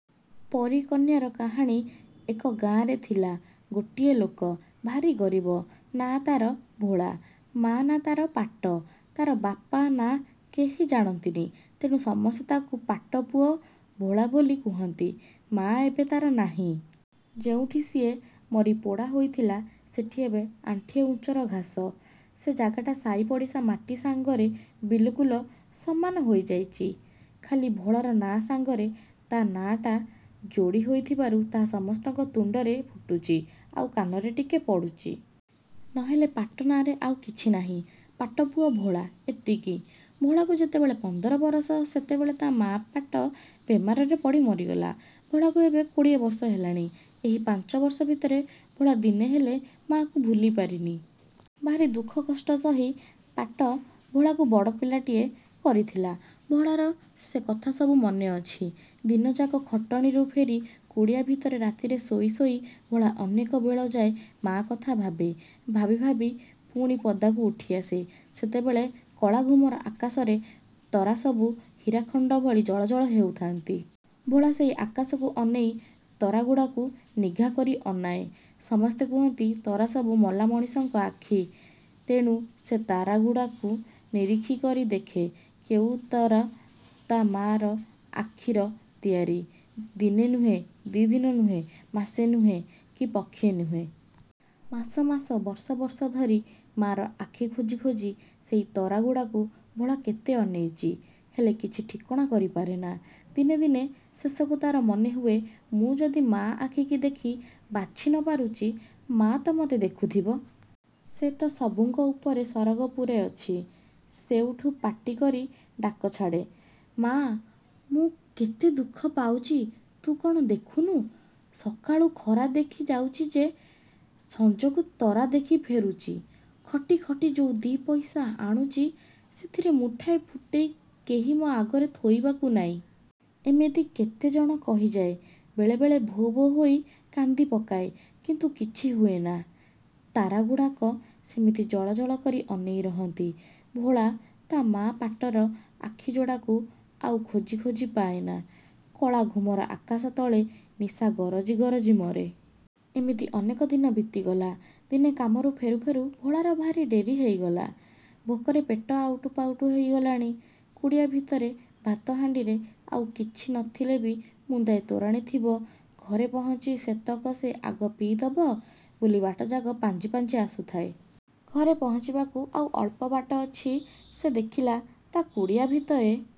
ପରୀ କନ୍ୟାର କାହାଣୀ ଏକ ଗାଆଁରେ ଥିଲା ଗୋଟିଏ ଲୋକ। ଭାରି ଗରିବ। ନାଁ ତାର ଭୋଳା। ମା ନାଁ ତାର ପାଟ। ତାର ବାପ ନାଁ କେହି ଜାଣନ୍ତିନି ତେଣୁ ସମସ୍ତେ ତାକୁ ପାଟ ପୁଅ ଭୋଳା ବୋଲି କୁହନ୍ତି। ମା ଏବେ ତାର ନାହିଁ। ଯେଉଁଠି ସିଏ ମରି ପୋଡ଼ା ହୋଇଥିଲା ସେଠି ଏବେ ଆଣ୍ଠିଏ ଉଞ୍ଚର ଘାସ। ସେ ଜାଗାଟା ସାଇପଡ଼ିଶା ମାଟି ସାଙ୍ଗରେ ବିଲକୁଲ୍ ସମାନ ହୋଇ ଯାଇଚି। ଖାଲି ଭୋଳାର ନାଁ ସାଙ୍ଗରେ ତା ନାଁ ଟା ଯୋଡ଼ି ହୋଇଥିବାରୁ ତାହା ସମସ୍ତଙ୍କ ତୁଣ୍ଡରେ ଫୁଟୁଚି, ଆଉ କାନରେ ଟିକେ ପଡ଼ୁଚି। ନହେଲେ ପାଟ ନାଁରେ ଆଉ କିଛି ନାହିଁ। 'ପାଟପୁଅ ଭୋଳା', ଏତିକି। ଭୋଳାକୁ ଯେତେବେଳେ ପନ୍ଦର ବରଷ, ସେତେବେଳେ ତା ମା' ପାଟ ବେମାରରେ ପଡ଼ି ମରିଗଲା। ଭୋଳାକୁ ଏବେ କୋଡ଼ିଏ ବର୍ଷ ହେଲାଣି। ଏହି ପାଞ୍ଚବର୍ଷ ଭିତରେ ଭୋଳା ଦିନେ ହେଲେ ମା'କୁ ଭୁଲି ପାରିନି। ଭାରି ଦୁଃଖ କଷ୍ଟ ସହି ପାଟ ଭୋଳାକୁ ବଡ଼ ପିଲାଟିଏ କରିଥିଲା। ଭୋଳାର ସେ କଥାସବୁ ମନେ ଅଛି। ଦିନଯାକ ଖଟଣିରୁ ଫେରି କୁଡ଼ିଆ ଭିତରେ ରାତିରେ ଶୋଇ ଶୋଇ ଭୋଳା ଅନେକ ବେଳଯାଏ ମା କଥା ଭାବେ। ଭାବି ଭାବି ପୁଣି ପଦାକୁ ଉଠିଆସେ, ସେତେବେଳେ କଳା ଘୁମର ଆକାଶରେ ତରାସବୁ ହୀରାଖଣ୍ଡ ଭଳି ଜଳଜଳ ହଉଥାନ୍ତି-। ଭୋଳା ସେଇ ଆକାଶକୁ ଅନେଇ ତରାଗୁଡ଼ାକୁ ନିଘା କରି ଅନାଏ। ସମସ୍ତେ କୁହନ୍ତି ତରା ସବୁ ମଲା ମଣିଷଙ୍କ ଆଖି। ତେଣୁ ସେ ତାରାଗୁଡ଼ାଙ୍କୁ ନିରିଖି କରି ଦେଖେ, କୋଉ ତରା ତା ମାର ଆଖିର ତିଆରି? ଦିନେ ନୁହେଁ, ଦି'ଦିନ ନୁହେଁ, ମାସେ ନୁହେଁ କି ପକ୍ଷେ ନୁହେଁ। ମାସ ମାସ ବର୍ଷ ବର୍ଷ ଧରି ମାର ଆଖି ଖୋଜି ଖୋଜି ସେଇ ତରାଗୁଡ଼ାକୁ ଭୋଳା କେତେ ଅନେଇଚି! ହେଲେ କିଛି ଠିକଣା କରି ପାରେନା। ଦିନେ ଦିନେ ଶେଷକୁ ତାର ମନେ ହୁଏ ମୁଁ ଯଦି ମା ଆଖିକି ଦେଖି ବାଛି ନ ପାରୁଚି, ମା' ତ ମତେ ଦେଖୁଥିବ! ସେତ ସବୁଙ୍କ ଉପରେ ସରଗପୁରେ ଅଛି। ସେଇଠୁ ପାଟି କରି ଡାକ ଛାଡ଼େ, 'ମା' ମୁଁ କେତେ ଦୁଃଖ ପାଉଚି ତୁ କଣ ଦେଖୁନୁ? ସକାଳୁ ଖରା ଦେଖି ଯାଉଚି ଯେ ସଞ୍ଜକୁ ତରା ଦେଖି ଫେରୁଚି। ଖଟି ଖଟି ଯୋଉ ଦି' ପଇସା ଆଣୁଚି ସେଥିରେ ମୁଠାଏ ଫୁଟେଇ କେହି ମୋ ଆଗରେ ଥୋଇବାକୁ ନାଇଁ। ' ଏମିତି କେତେ କଣ କହିଯାଏ, ବେଳେବେଳେ ଭୋ ଭୋ ହୋଇ କାନ୍ଦି ପକାଏ। କିନ୍ତୁ କିଛି ହୁଏନା। ତାରାଗୁଡ଼ାକ ସେମିତି ଜଳଜଳ କରି ଅନେଇ ରହନ୍ତି। ଭୋଳା ତା ମା ପାଟର ଆଖି ଯୋଡ଼ାକୁ ଆଉ ଖୋଜି ଖୋଜି ପାଏନା। କଳା ଘୁମର ଆକାଶ ତଳେ ନିଶା ଗରଜି ଗରଜି ମରେ। ଏମିତି ଅନେକ ଦିନ ବିତିଗଲା। ଦିନେ କାମରୁ ଫେରୁ ଫେରୁ ଭୋଳାର ଭାରି ଡେରି ହେଇଗଲା। ଭେକରେ ପେଟ ଆଉଟୁ ପାଉଟୁ ହେଇଗଲାଣି। କୁଡ଼ିଆ ଭିତରେ ଭାତ ହାଣ୍ଡିରେ ଆଉ କିଛି ନ ଥିଲେ ବି ମୁନ୍ଦାଏ ତୋରାଣି ଥିବ। ଘରେ। ପହଞ୍ଚି ସେତେକ ସେ ଆଗ ପିଇ ଦବ ବୋଲି ବାଟଯାକ ପାଞ୍ଚି ପାଞ୍ଚି ଆସୁଥାଏ। ଘରେ ପହଞ୍ଚିବାକୁ ଆଉ ଅଳ୍ପ ବାଟ ଅଛି ସେ ଦେଖିଲା ତା କୁଡ଼ିଆ ଭିତରେ